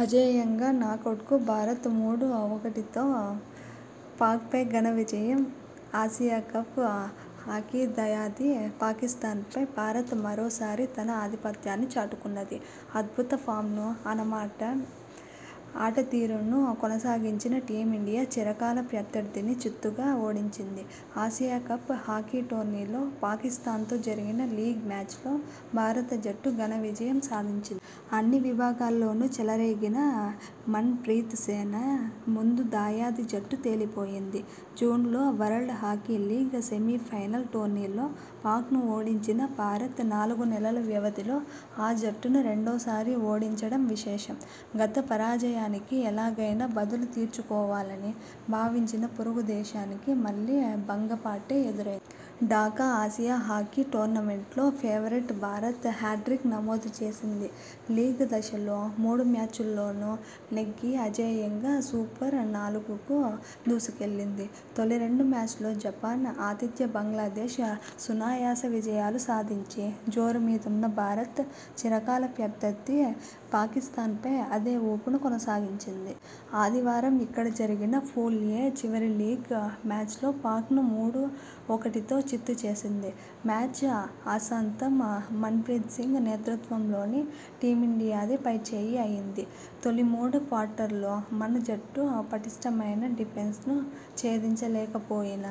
అజేయంగా నాకౌట్కు భారత్ మూడు - ఒకటితో పాక్పై ఘన విజయం ఆసియా కప్ హాకీదాయాది పాకిస్థాన్పై భారత్ మరోసారి తన ఆధిపత్యాన్ని చాటుకున్నది! అద్భుత ఫామ్ను.. అసమాన ఆటతీరును కొనసాగించిన టీమిండియా చిరకాల ప్రత్యర్థిని చిత్తుగా ఓడించింది. ఆసియాకప్ హాకీ టోర్నీలో పాకిస్థాన్తో జరిగిన లీగ్ మ్యాచ్లో భారత జట్టు ఘన విజయం సాధించింది. అన్ని విభాగాల్లోనూ చెలరేగిన మన్ ప్రీత్ సేన ముందు దాయాది జట్టు తేలిపోయింది! జూన్లో వరల్డ్ హాకీ లీగ్ సెమీఫైనల్ టోర్నీలో పాక్ను ఓడించిన భారత్ నాలుగు నెలల వ్యవధిలో ఆ జట్టును రెండోసారి ఓడించడం విశేషం! గత పరాజయానికి ఎలాగైనా బదులు తీర్చుకోవాలని భావించిన పొరుగు దేశానికి మళ్లీ భంగపాటే ఎదురైంది! ఢాకా ఆసియా కప్ హాకీ టోర్నమెంట్లో ఫేవరెట్ భారత్ హ్యాట్రిక్ నమోదు చేసింది. లీగ్ దశలో మూడు మ్యాచ్ల్లోనూ నెగ్గి అజేయంగా సూపర్-నాలుగుకు దూసుకెళ్లింది. తొలి రెండు మ్యాచ్ల్లో జపాన్, ఆతిథ్య బంగ్లాదేశ్ సునాయాస విజయాలు సాధించి జోరు మీదున్న భారత్.. చిరకాల ప్రత్యర్థి పాకిస్థాన్పై అదే ఊపును కొనసాగించింది. ఆదివారం ఇక్కడ జరిగిన పూల్-ఎ చివరి లీగ్ మ్యాచ్లో పాక్ను మూడు-ఒకటితో చిత్తు చేసింది. మ్యాచ్ ఆసాంతం మన్ ప్రీత్ సింగ్ నేతృత్వంలోని టీమిండియాదే పైచేయి అయింది. తొలి మూడు క్వార్టర్స్లో మన జట్టు పటిష్టమైన డిఫెన్స్ను ఛేదించలేకపోయిన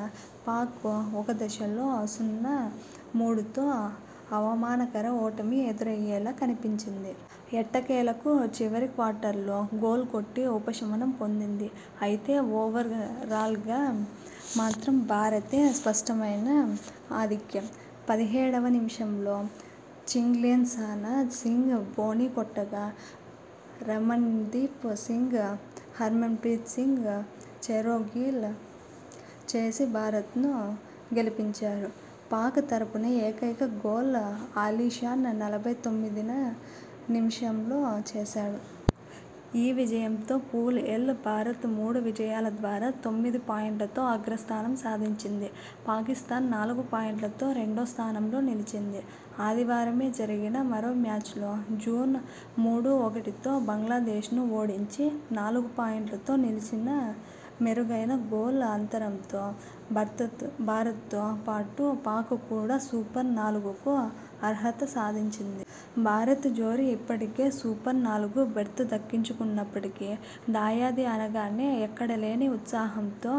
పాక్కు ఓక దశలో సున్నా-మూడుతో అవమానకర ఓటమి ఎదురయ్యేలా కనిపించింది. ఎట్టకేలకు చివరి క్వార్టర్లో గోల్ కొట్టి ఉపశమనం పొందింది. అయితే, ఓవరాల్గా మాత్రం భారత్దే స్పష్టమైన ఆధిక్యం! పదిహేడవ నిమిషంలో చింగ్లేన్సనా సింగ్ బోణీ కొట్టగా, రమణ్దీప్ సింగ్, హర్మన్ప్రీత్ సింగ్ చెరో గోల్ చేసి భారత్ను గెలిపించారు. పాక్ తరపున ఏకైక గోల్ అలీ షాన్ నలభై తొమ్మిదివ నిమిషంలో చేశాడు. ఈ విజయంతో పూల్-ఎలో భారత్ మూడు విజయాల ద్వారా తొమ్మిది పాయింట్లతో అగ్రస్థానం సాధించింది. పాకిస్థాన్ నాలుగు పాయింట్లతో రెండో స్థానంలో నిలిచింది. ఆదివారమే జరిగిన మరో మ్యాచ్లో జపాన్ మూడు-ఒకటితో బంగ్లాదేశ్ను ఓడించి నాలుగు పాయింట్లతో నిలిచినామెరుగైన గోల్ అంతరంతో భారత్తో పాటు పాక్ కూడా సూపర్-నాలుగుకు అర్హత సాధించింది. భారత్ జోరు ఇప్పటికే సూపర్-నాలుగు బెర్తు దక్కించుకున్నప్పటికీ.. దాయాది అనగానే ఎక్కడలేని ఉత్సాహంతో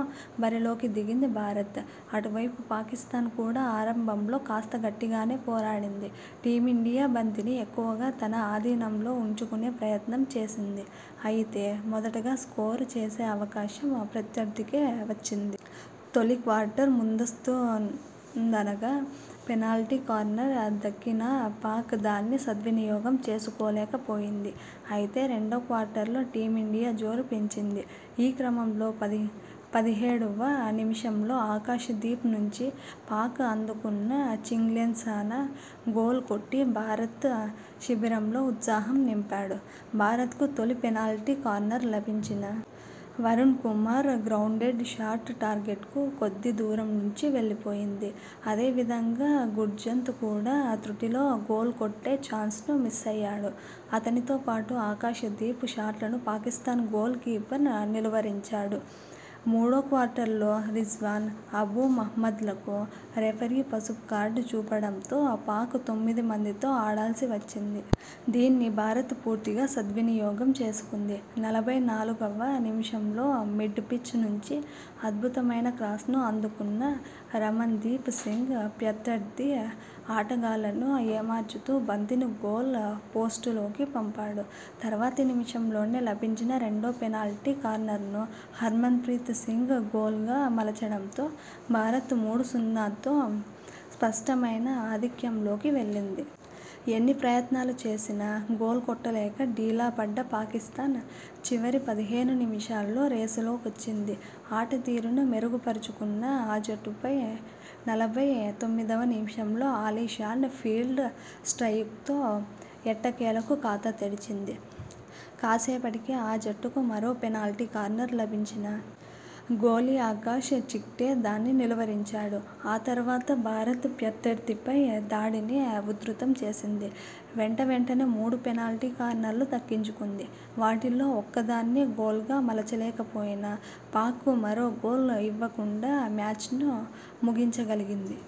బరిలోకి దిగింది భారత్. అటువైపు పాకిస్థాన్ కూడా ఆరంభంలో కాస్త గట్టిగానే పోరాడింది. టీమిండియా బంతిని ఎక్కువగా తన అధీనంలో ఉంచుకునే ప్రయత్నం చేసింది. అయితే, మొదటగా స్కోరు చేసే అవకాశం ప్రత్యర్థికే వచ్చింది. తొలి క్వార్టర్ ముగుస్తుందనగా పెనాల్టీ కార్నర్ దక్కినాపాక్ దాన్ని సద్వినియోగం చేసుకోలేకపోయింది. అయితే, రెండో క్వార్టర్లో టీమిండియా జోరు పెంచింది. ఈ క్రమంలో పదిహేడువ నిమిషంలో ఆకాశ్ దీప్ నుంచి పాస్ అందుకున్న చింగ్లేన్సనా గోల్ కొట్టి భారత శిబిరంలో ఉత్సాహం నింపాడు. భారత్కు తొలి పెనాల్టీ కార్నర్ లభించినా.. వరుణ్ కుమార్ గ్రౌండెడ్ షాట్ టార్గెట్కు కొద్ది దూరం నుంచి వెళ్లిపోయింది. అదే విధంగా గుర్జన్త్ కూడా తృటిలో గోల్ కొట్టే చాన్స్ను మిస్సయ్యాడు. అతనితో పాటు ఆకాశ్ దీప్ షాట్లను పాకిస్థాన్ గోల్ కీపర్ నిలువరించాడు. మూడో క్వార్టర్లో రిజ్వాన్, అబూ మహమ్మద్లకు రెఫరీ పసుపు కార్డు చూపడంతో పాక్ తొమ్మిది మందితో ఆడాల్సి వచ్చింది. దీన్ని భారత్ పూర్తిగా సద్వినియోగం చేసుకుంది. నలభై నాలుగువ నిమిషంలో మిడ్ పిచ్ నుంచి అద్భుతమైన క్రాస్ను అందుకున్న రమణ్దీప్ సింగ్. ప్రత్యర్థి ఆటగాళ్లను ఏమార్చుతూ బంతిని గోల్ పోస్ట్ లోకి పంపాడు. తర్వాతి నిమిషంలోనే లభించిన రెండో పెనాల్టీ కార్నర్ను హర్మన్ప్రీత్ సింగ్ గోల్గా మలచడంతో భారత్ మూడు-సున్నాతో స్పష్టమైన ఆధిక్యంలోకి వెళ్లింది. ఎన్ని ప్రయత్నాలు చేసినా గోల్ కొట్టలేక డీలా పడ్డ పాకిస్థాన్ చివరి పదిహేను నిమిషాల్లో రేసులోకొచ్చింది. ఆట తీరును మెరుగుపరుచుకున్న ఆ జట్టు పై నలభై తొమ్మిదివ నిమిషంలో అలీ షాన్ ఫీల్డ్ స్ట్రయిక్తో ఎట్టకేలకు ఖాతా తెరిచింది. కాసేపటికే ఆ జట్టుకు మరో పెనాల్టీ కార్నర్ లభించినా. గోలీ ఆకాశ్ చిక్టే దాన్ని నిలువరించాడు. ఆ తర్వాత భారత్ ప్రత్యర్థిపై దాడిని ఉధృతం చేసింది. వెంటవెంటనే మూడు పెనాల్టీ కార్నర్లు దక్కించుకుంది. వాటిలో ఒక్కదాన్నీ గోల్గా మలచలేకపోయినా.. పాక్కు మరో గోల్ ఇవ్వకుండా మ్యాచ్ను ముగించగలిగింది.